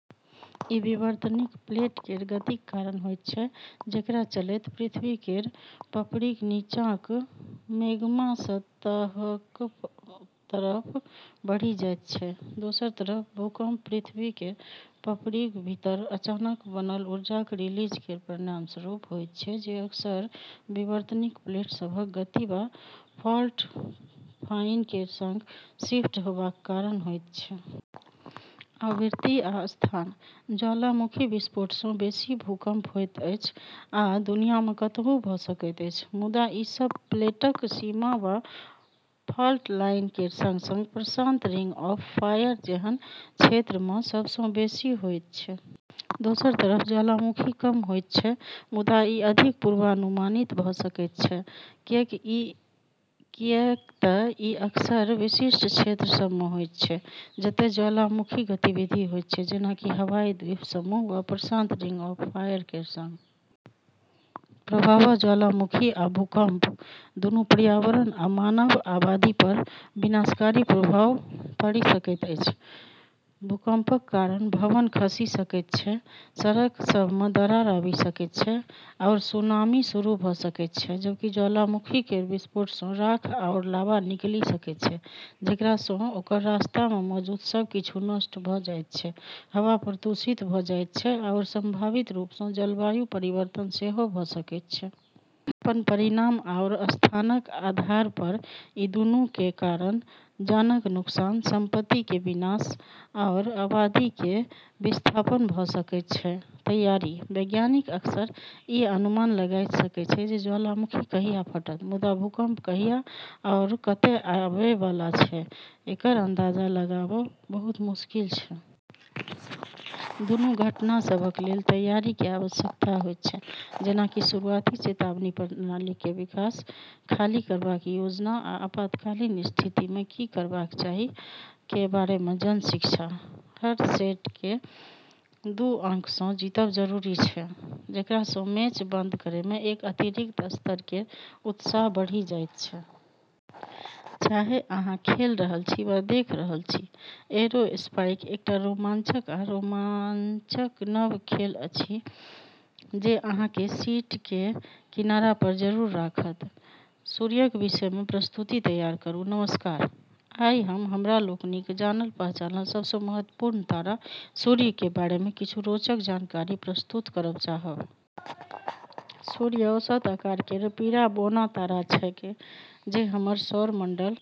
ई विवर्तनिक प्लेट केर गतिक कारण होइत छै, जेकरा चलैत पृथ्वी केर पपड़ीक नीचाँक मैग्मा सतहक तरफ बढ़ि जाइत छै। दोसर तरफ भूकंप पृथ्वी केर पपड़ीक भीतर अचानक बनल ऊर्जाक रिलीज केर परिणामस्वरूप होइत छै, जे अक्सर विवर्तनिक प्लेट सभक गति वा फॉल्ट लाइन केर संग शिफ्ट होबाक कारण होइत छै। आवृत्ति आ स्थान: ज्वालामुखी विस्फोटसँ बेसी भूकंप होइत अछि आ दुनियामे कतहु भऽ सकैत अछि। मुदा ई सब प्लेटक सीमा वा फॉल्ट लाइन केर संग-संग प्रशांत रिंग ऑफ फायर जेहन क्षेत्र सभमे सबसँ बेसी होइत छै। दोसर तरफ ज्वालामुखी कम होइत छै मुदा ई अधिक पूर्वानुमानित भऽ सकैत छै, किऐक तऽ ई अक्सर विशिष्ट क्षेत्र सभमे होइत छै, जतय ज्वालामुखी गतिविधि होइत छै, जेना कि हवाई द्वीप समूह वा प्रशांत रिंग ऑफ फायर केर संग। प्रभाव: ज्वालामुखी आ भूकंप दूनू पर्यावरण आ मानव आबादीपर विनाशकारी प्रभाव पाड़ि सकैत अछि। भूकंपक कारण भवन खसि सकैत छै, सड़क सभमे दरार आबि सकैत छै, आओर सुनामी शुरू भऽ सकैत छै, जबकि ज्वालामुखी केर विस्फोटसँ राख आओर लावा निकलि सकैत छै, जेकरासँ ओकर रास्तामे मौजूद सब किछु नष्ट भऽ जाइत छै, हवा प्रदूषित भऽ जाइत छै आओर संभावित रूपसँ जलवायु परिवर्तन सेहो भऽ सकैत छै। अपन परिमाण आओर स्थानक आधारपर ई दूनू केर कारण जानक नुकसान, संपत्ति केर विनाश आओर आबादी केर विस्थापन भऽ सकैत छै। तैयारी: वैज्ञानिक अक्सर ई अनुमान लगाइ सकैत छै जे ज्वालामुखी कहिया फटत, मुदा भूकंप कहिया आओर कतय आबैवाला छै, एकर अंदाजा लगाबब बहुत मुश्किल छै। दूनू घटना सभक लेल तैयारी केर आवश्यकता होइत छै, जेना कि शुरुआती चेतावनी प्रणाली केर विकास, खाली करबाक योजना, आ आपातकालीन स्थितिमे की करबाक चाही केर बारेमे जन शिक्षा। हर सेटकेँ दू अंकसँ जीतब जरूरी छै, जेकरासँ मैच बंद करैमे एक अतिरिक्त स्तर केर उत्साह बढ़ि जाइत छै। चाहे अहाँ खेल रहल छी वा देख रहल छी, एयरोस्पाइक एकटा रोमांचक आ रोमांचक नव खेल अछि जे अहाँकेँ सीट केर किनारापर जरूर राखत! सूर्यक विषयमे प्रस्तुति तैयार करू। नमस्कार, आइ हम हमरा लोकनिक जानल-पहचानल सबसँ महत्वपूर्ण तारा सूर्य केर बारेमे किछु रोचक जानकारी प्रस्तुत करब चाहब। सूर्य औसत आकार केर पीला बौना तारा छेकै जे हमर सौरमंडल।